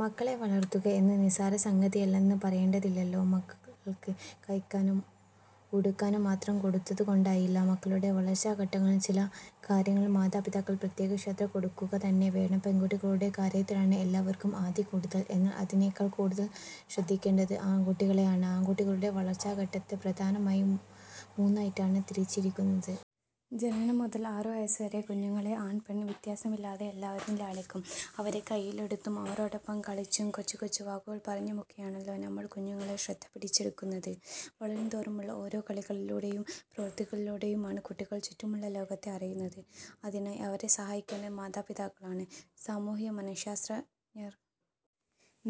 മക്കളെ വളർത്തുക എന്നത് നിസ്സാര സംഗതിയല്ലെന്ന് പറയേണ്ടതില്ലല്ലോ. മക്കൾക്ക് കഴിക്കാനും ഉടുക്കാനും മാത്രം കൊടുത്തതുകൊണ്ടായില്ല. മക്കളുടെ വളർച്ചാഘട്ടങ്ങളിൽ ചില കാര്യങ്ങളിൽ മാതാപിതാക്കൾ പ്രത്യേക ശ്രദ്ധ കൊടുക്കുകതന്നെ വേണം. പെൺകുട്ടികളുടെ കാര്യത്തിലാണ് എല്ലാവർക്കും ആധി കൂടുതൽ. എന്നാൽ അതിനേക്കാൾ കൂടുതൽ ശ്രദ്ധിക്കേണ്ടത് ആൺകുട്ടികളെയാണ്. ആൺകുട്ടികളുടെ വളർച്ചാഘട്ടത്തെ പ്രധാനമായും മൂന്നായിട്ടാണ് തിരിച്ചിരിക്കുന്നത്. ജനനം മുതൽ ആറു വയസ്സുവരെ കുഞ്ഞുങ്ങളെ ആൺ പെൺ വ്യത്യാസമില്ലാതെ എല്ലാവരും ലാളിക്കും. അവരെ കൈയിലെടുത്തും അവരോടൊപ്പം കളിച്ചും കൊച്ചുകൊച്ചു വാക്കുകൾ പറഞ്ഞുമൊക്കെയാണല്ലോ നമ്മൾ കുഞ്ഞുങ്ങളുടെ ശ്രദ്ധ പിടിച്ചെടുക്കുന്നത്. വളരുന്തോറുമുള്ള ഓരോ കളികളിലൂടെയും പ്രവൃത്തികളിലൂടെയുമാണ് കുട്ടികൾ ചുറ്റുമുള്ള ലോകത്തെ അറിയുന്നത്. അതിനായി അവരെ സഹായിക്കേണ്ടത് മാതാപിതാക്കളാണ്. സാമൂഹ്യമനഃശാസ്ത്രജ്ഞർ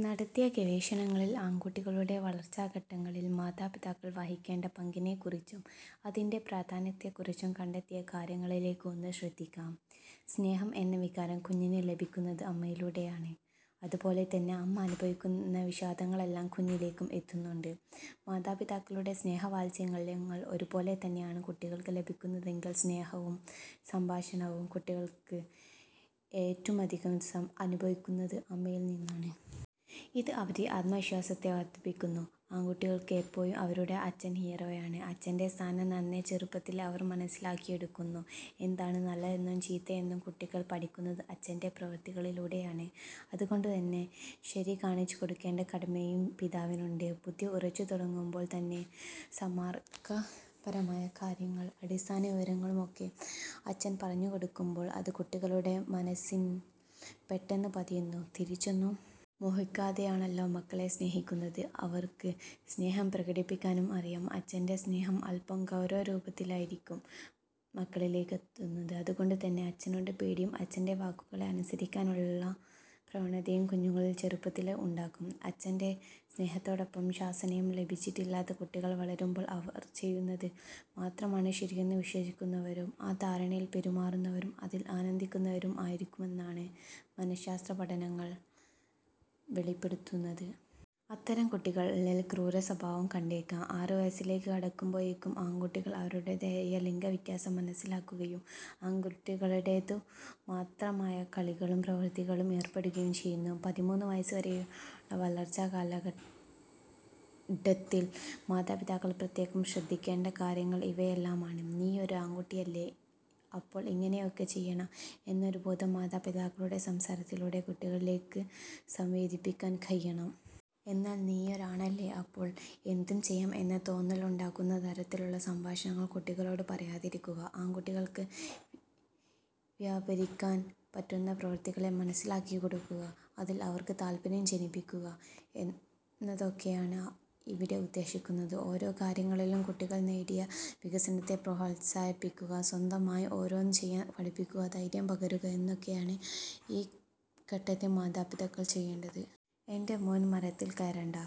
നടത്തിയ ഗവേഷണങ്ങളിൽ ആൺകുട്ടികളുടെ വളർച്ചാഘട്ടങ്ങളിൽ മാതാപിതാക്കൾ വഹിക്കേണ്ട പങ്കിനെക്കുറിച്ചും അതിന്റെ പ്രാധാന്യത്തെക്കുറിച്ചും കണ്ടെത്തിയ കാര്യങ്ങളിലേക്ക് ഒന്ന് ശ്രദ്ധിക്കാം. സ്നേഹം എന്ന വികാരം കുഞ്ഞിന് ലഭിക്കുന്നത് അമ്മയിലൂടെയാണ്. അതുപോലെതന്നെ അമ്മ അനുഭവിക്കുന്ന വിഷാദങ്ങളെല്ലാം കുഞ്ഞിലേക്കും എത്തുന്നുണ്ട്. മാതാപിതാക്കളുടെ സ്നേഹവാത്സല്യങ്ങൾ ഒരുപോലെ തന്നെയാണ് കുട്ടികൾക്ക് ലഭിക്കുന്നതെങ്കിലും സ്നേഹവും സംഭാഷണവും കുട്ടികൾ ഏറ്റവുമധികം അനുഭവിക്കുന്നത് അമ്മയിൽ നിന്നാണ്. ഇത് അവരിലെ ആത്മവിശ്വാസത്തെ വർധിപ്പിക്കുന്നു. ആൺകുട്ടികൾക്ക് എപ്പോഴും അവരുടെ അച്ഛൻ ഹീറോയാണ്. അച്ഛന്റെ സ്ഥാനം നന്നേ ചെറുപ്പത്തിലേ അവർ മനസ്സിലാക്കിയെടുക്കുന്നു. എന്താണ് നല്ലതെന്നും ചീത്തയെന്നും കുട്ടികൾ പഠിക്കുന്നത് അച്ഛന്റെ പ്രവൃത്തികളിലൂടെയാണ്. അതുകൊണ്ടുതന്നെ ശരി കാണിച്ചുകൊടുക്കേണ്ട കടമയും പിതാവിനുണ്ട്. ബുദ്ധി ഉറച്ചുതുടങ്ങുമ്പോൾ തന്നെ സന്മാർഗപരമായ കാര്യങ്ങളും അടിസ്ഥാന വിവരങ്ങളുമൊക്കെ അച്ഛൻ പറഞ്ഞുകൊടുക്കുമ്പോൾ അത് കുട്ടികളുടെ മനസ്സിൽ പെട്ടെന്ന് പതിയുന്നു. തിരിച്ചൊന്നും മോഹിക്കാതെയാണല്ലോ മക്കളെ സ്നേഹിക്കുന്നത്. അവർക്ക് സ്നേഹം പ്രകടിപ്പിക്കാനും അറിയാം. അച്ഛന്റെ സ്നേഹം അൽപം ഗൗരവരൂപത്തിലായിരിക്കും മക്കളിലേക്കെത്തുന്നത്. അതുകൊണ്ടുതന്നെ അച്ഛനോട് പേടിയും അച്ഛന്റെ വാക്കുകളെ അനുസരിക്കാനുള്ള പ്രവണതയും കുഞ്ഞുങ്ങളിൽ ചെറുപ്പത്തിലേ ഉണ്ടാകും. അച്ഛന്റെ സ്നേഹത്തോടൊപ്പം ശാസനയും ലഭിച്ചിട്ടില്ലാത്ത കുട്ടികൾ വളരുമ്പോൾ അവർ ചെയ്യുന്നത് മാത്രമാണ് ശരിയെന്ന് വിശ്വസിക്കുന്നവരും ആ ധാരണയിൽ പെരുമാറുന്നവരും അതിൽ ആനന്ദിക്കുന്നവരും ആയിരിക്കുമെന്നാണ് മനഃശാസ്ത്ര പഠനങ്ങൾ വെളിപ്പെടുത്തുന്നത്. അത്തരം കുട്ടികളിൽ ക്രൂരസ്വഭാവവും കണ്ടേക്കാം. ആറു വയസ്സിലേക്ക് കടക്കുമ്പോഴേക്കും ആൺകുട്ടികൾ അവരുടേതായ ലിംഗവ്യത്യാസം മനസ്സിലാക്കുകയും ആൺകുട്ടികളുടേതു മാത്രമായ കളികളിലും പ്രവൃത്തികളിലും ഏർപ്പെടുകയും ചെയ്യുന്നു. പതിമൂന്ന് വയസ്സുവരെയുള്ള വളർച്ചാഘട്ടത്തിൽ മാതാപിതാക്കൾ പ്രത്യേകം ശ്രദ്ധിക്കേണ്ട കാര്യങ്ങൾ ഇവയെല്ലാമാണ്. നീയൊരു ആൺകുട്ടിയല്ലേ, അപ്പോൾ ഇങ്ങനെയൊക്കെ ചെയ്യണം എന്ന ഒരു ബോധം മാതാപിതാക്കളുടെ സംസാരത്തിലൂടെ കുട്ടികളിലേക്ക് സംവേദിപ്പിക്കാൻ കഴിയണം. എന്നാൽ നീയൊരാണല്ലേ, അപ്പോൾ എന്തും ചെയ്യാം എന്ന തോന്നലുണ്ടാകുന്ന തരത്തിലുള്ള സംഭാഷണങ്ങൾ കുട്ടികളോട് പറയാതിരിക്കുക. ആൺകുട്ടികൾക്ക് വ്യാപരിക്കാൻ പറ്റുന്ന പ്രവൃത്തികളെ മനസ്സിലാക്കിക്കൊടുക്കുക, അതിൽ അവർക്ക് താൽപര്യം ജനിപ്പിക്കുക എന്നതൊക്കെയാണ് ഇവിടെ ഉദ്ദേശിക്കുന്നത്. ഓരോ കാര്യങ്ങളിലും കുട്ടികൾ നേടിയ വികാസത്തെ പ്രോത്സാഹിപ്പിക്കുക, സ്വന്തമായി ഓരോന്നും ചെയ്യാൻ പഠിപ്പിക്കുക, ധൈര്യം പകരുക എന്നതൊക്കെയാണ് ഈ ഘട്ടത്തിൽ മാതാപിതാക്കൾ ചെയ്യേണ്ടത്. എന്റെ മോൻ മരത്തിൽ കയറണ്ട,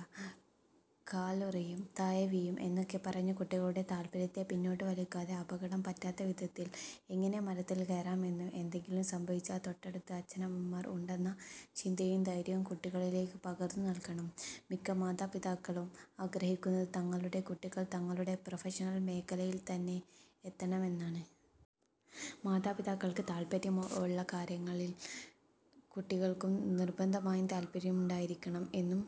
കാലുറയും, താഴെ വീഴും എന്നൊക്കെ പറഞ്ഞ് കുട്ടികളുടെ താൽപര്യത്തെ പിന്നോട്ടുവലിക്കാതെ അപകടം പറ്റാത്തവിധത്തിൽ എങ്ങനെ മരത്തിൽ കയറാമെന്നും എന്തെങ്കിലും സംഭവിച്ചാൽ തൊട്ടടുത്ത് അച്ഛനമ്മമാർ ഉണ്ടെന്ന ചിന്തയും ധൈര്യവും കുട്ടികളിലേക്ക് പകർന്നുനൽകണം. മിക്ക മാതാപിതാക്കളും ആഗ്രഹിക്കുന്നത് തങ്ങളുടെ കുട്ടികൾ തങ്ങളുടെ പ്രൊഫഷണൽ മേഖലയിൽ തന്നെ എത്തണമെന്നാണ്. മാതാപിതാക്കൾക്ക് താൽപര്യമുള്ള കാര്യങ്ങളിൽ കുട്ടികൾക്കും നിർബന്ധമായും താൽപര്യമുണ്ടായിരിക്കണം എന്നും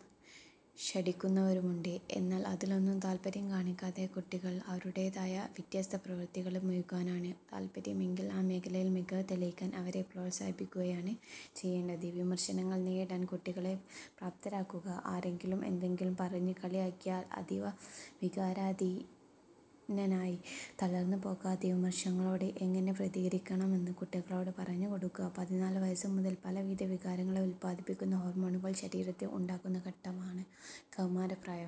ശഠിക്കുന്നവരുമുണ്ട്. എന്നാൽ അതിലൊന്നും താൽപര്യം കാണിക്കാതെ കുട്ടികൾ അവരുടേതായ വ്യത്യസ്ത പ്രവൃത്തികളിൽ മുഴുകാനാണ് താൽപര്യമെങ്കിൽ ആ മേഖലയിൽ മികവ് തെളിയിക്കാൻ അവരെ പ്രോത്സാഹിപ്പിക്കുകയാണ് ചെയ്യേണ്ടത്. വിമർശനങ്ങളെ നേരിടാൻ കുട്ടികളെ പ്രാപ്തരാക്കുക. ആരെങ്കിലും എന്തെങ്കിലും പറഞ്ഞ് കളിയാക്കിയാൽ അതിൽ വികാരാധീനനായി തളർന്നുപോകാതെ വിമർശനങ്ങളോട് എങ്ങനെ പ്രതികരിക്കണമെന്ന് കുട്ടികളോട് പറഞ്ഞുകൊടുക്കുക. പതിനാലു വയസ്സുമുതൽ പലവിധ വികാരങ്ങളെ ഉൽപാദിപ്പിക്കുന്ന ഹോർമോണുകൾ ശരീരത്തിൽ ഉണ്ടാകുന്ന ഘട്ടമാണ് കൗമാരപ്രായം.